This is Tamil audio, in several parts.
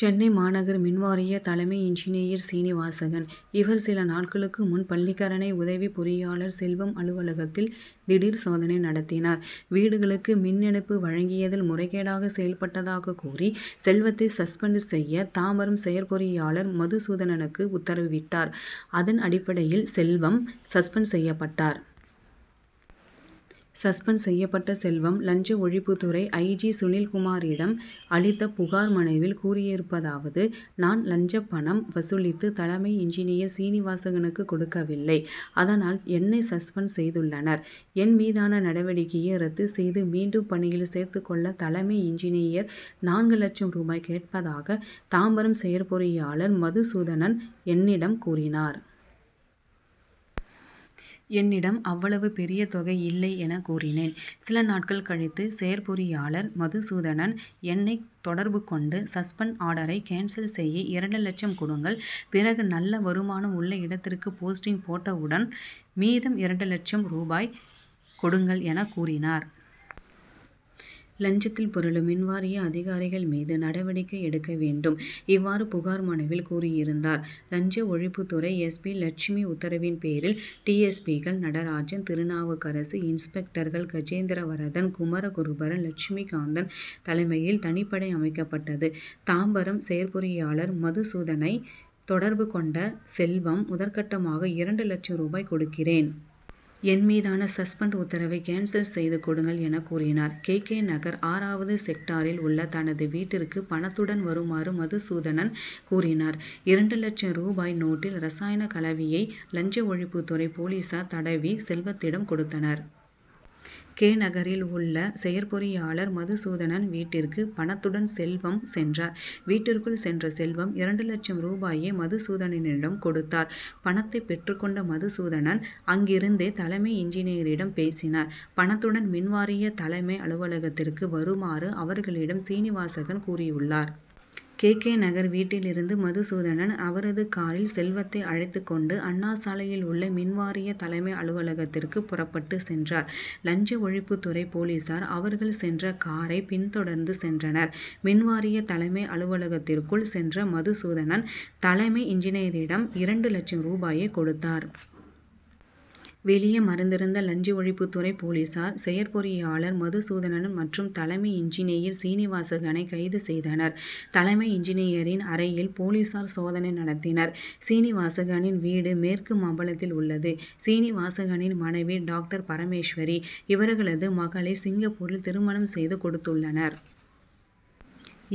சென்னை மாநகர் மின்வாரிய தலைமை இன்ஜினியர் சீனிவாசகன். இவர் சில நாட்களுக்கு முன் பள்ளிக்கரணை உதவி பொறியாளர் செல்வம் அலுவலகத்தில் திடீர் சோதனை நடத்தினார். வீடுகளுக்கு மின் இணைப்பு வழங்கியதில் முறைகேடாக செயல்பட்டதாக கூறி செல்வத்தை சஸ்பெண்ட் செய்ய தாம்பரம் செயற்பொறியாளர் மதுசூதனனுக்கு உத்தரவிட்டார். அதன் அடிப்படையில் செல்வம் சஸ்பெண்ட் செய்யப்பட்டார். சஸ்பெண்ட் செய்யப்பட்ட செல்வம் லஞ்ச ஒழிப்புத்துறை ஐ. ஜி. சுனில்குமாரிடம் அளித்த புகார் மனுவில் கூறியருப்பதாவது நான் லஞ்ச பணம் வசூலித்து தலைமை இன்ஜினியர் சீனிவாசகனுக்கு கொடுக்கவில்லை. அதனால் என்னை சஸ்பெண்ட் செய்துள்ளனர். என் மீதான நடவடிக்கையை ரத்து செய்து மீண்டும் பணியில் சேர்த்துக் கொள்ள தலைமை இன்ஜினியர் நான்கு லட்சம் ரூபாய் கேட்பதாக தாம்பரம் செயற்பொறியாளர் மதுசூதனன் என்னிடம் கூறினார். என்னிடம் அவ்வளவு பெரிய தொகை இல்லை என கூறினேன். சில நாட்கள் கழித்து செயற்பொறியாளர் மதுசூதனன் என்னை தொடர்பு கொண்டு சஸ்பெண்ட் ஆர்டரை கேன்சல் செய்ய இரண்டு லட்சம் கொடுங்கள் பிறகு நல்ல வருமானம் உள்ள இடத்திற்கு போஸ்டிங் போட்டவுடன் மீதம் இரண்டு லட்சம் ரூபாய் கொடுங்கள் என கூறினார். லஞ்சத்தில் புரளும் மின்வாரிய அதிகாரிகள் மீது நடவடிக்கை எடுக்க வேண்டும். இவ்வாறு புகார் மனுவில் கூறியிருந்தார். லஞ்ச ஒழிப்புத்துறை எஸ். பி., லட்சுமி உத்தரவின் பேரில் டி. எஸ். பி.,கள் நடராஜன், திருநாவுக்கரசு, இன்ஸ்பெக்டர்கள் கஜேந்திரவரதன், குமரகுருபரன், லட்சுமிகாந்தன் தலைமையில் தனிப்படை அமைக்கப்பட்டது. தாம்பரம் செயற்பொறியாளர் மதுசூதனை தொடர்பு கொண்ட செல்வம், முதற்கட்டமாக இரண்டு லட்சம் ரூபாய் கொடுக்கிறேன். என் மீதான சஸ்பெண்ட் உத்தரவை கேன்சல் செய்து கொடுங்கள் என கூறினார். கே. கே. நகர் ஆறாவது செக்டாரில் உள்ள தனது வீட்டிற்கு பணத்துடன் வருமாறு மதுசூதனன் கூறினார். இரண்டு லட்சம் ரூபாய் நோட்டில் ரசாயன கலவையை, லஞ்ச ஒழிப்புத் துறை போலீசார் தடவி, செல்வத்திடம் கொடுத்தனர். கே. நகரில் உள்ள செயற்பொறியாளர் மதுசூதனன் வீட்டிற்கு, பணத்துடன் செல்வம் சென்றார். வீட்டிற்குள் சென்ற செல்வம், இரண்டு லட்சம் ரூபாயை, மதுசூதனனிடம் கொடுத்தார். பணத்தை பெற்றுக் கொண்ட மதுசூதனன், அங்கிருந்தே தலைமை இன்ஜினியரிடம் பேசினார். பணத்துடன் மின்வாரிய தலைமை அலுவலகத்திற்கு வருமாறு, அவர்களிடம் சீனிவாசகன் கூறியுள்ளார். கே. கே. நகர் வீட்டில் இருந்து மதுசூதனன் அவரது காரில், செல்வத்தை அழைத்துக் கொண்டு அண்ணாசாலையில் உள்ள மின்வாரிய தலைமை அலுவலகத்திற்கு புறப்பட்டுச் சென்றார். லஞ்ச ஒழிப்புத்துறை போலீசார், அவர்கள் சென்ற காரை பின்தொடர்ந்து சென்றனர். மின்வாரிய தலைமை அலுவலகத்திற்குள் சென்ற மதுசூதனன், தலைமை இன்ஜினியரிடம் இரண்டு லட்சம் ரூபாயை கொடுத்தார். வெளியே மறைந்திருந்த லஞ்ச ஒழிப்புத்துறை போலீசார், செயற்பொறியாளர் மதுசூதனன் மற்றும் தலைமை இன்ஜினியர் சீனிவாசகனை கைது செய்தனர். தலைமை இன்ஜினியரின் அறையில் போலீசார் சோதனை நடத்தினர். சீனிவாசகனின் வீடு மேற்கு மாம்பலத்தில் உள்ளது. சீனிவாசகனின் மனைவி டாக்டர் பரமேஸ்வரி. இவர்களது மகளை சிங்கப்பூரில் திருமணம் செய்து கொடுத்துள்ளனர்.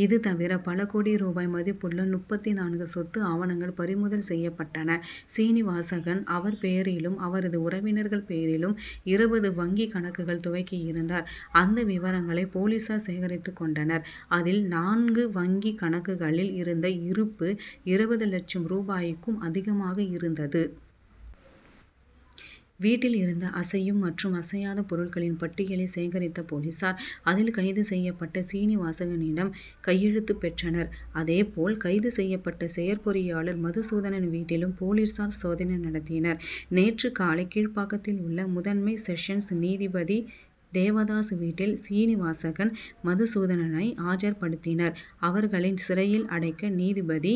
இது தவிர பல கோடி ரூபாய் மதிப்புள்ள முப்பத்து நான்கு சொத்து ஆவணங்கள் பறிமுதல் செய்யப்பட்டன. சீனிவாசகன் அவர் பெயரிலும் அவரது உறவினர்கள் பெயரிலும் இருபது வங்கி கணக்குகள் துவக்கியிருந்தார். அந்த விவரங்களை போலீசார் சேகரித்துக் கொண்டனர். அதில், நான்கு வங்கி கணக்குகளில் இருந்த இருப்பு, இருபது லட்சம் ரூபாய்க்கும் அதிகமாக இருந்தது. வீட்டில் இருந்த அசையும் மற்றும் அசையாத பொருட்களின் பட்டியலை சேகரித்த போலீசார், அதில் கைது செய்யப்பட்ட சீனிவாசகனிடம் கையெழுத்து பெற்றனர். அதே போல் கைது செய்யப்பட்ட செயற்பொறியாளர் மதுசூதனன் வீட்டிலும் போலீசார் சோதனை நடத்தினர். நேற்று காலை கீழ்ப்பாக்கத்தில் உள்ள முதன்மை செஷன்ஸ் நீதிபதி தேவதாஸ் வீட்டில் சீனிவாசகன், மதுசூதனனை ஆஜர்படுத்தினர். அவர்களை சிறையில் அடைக்க நீதிபதி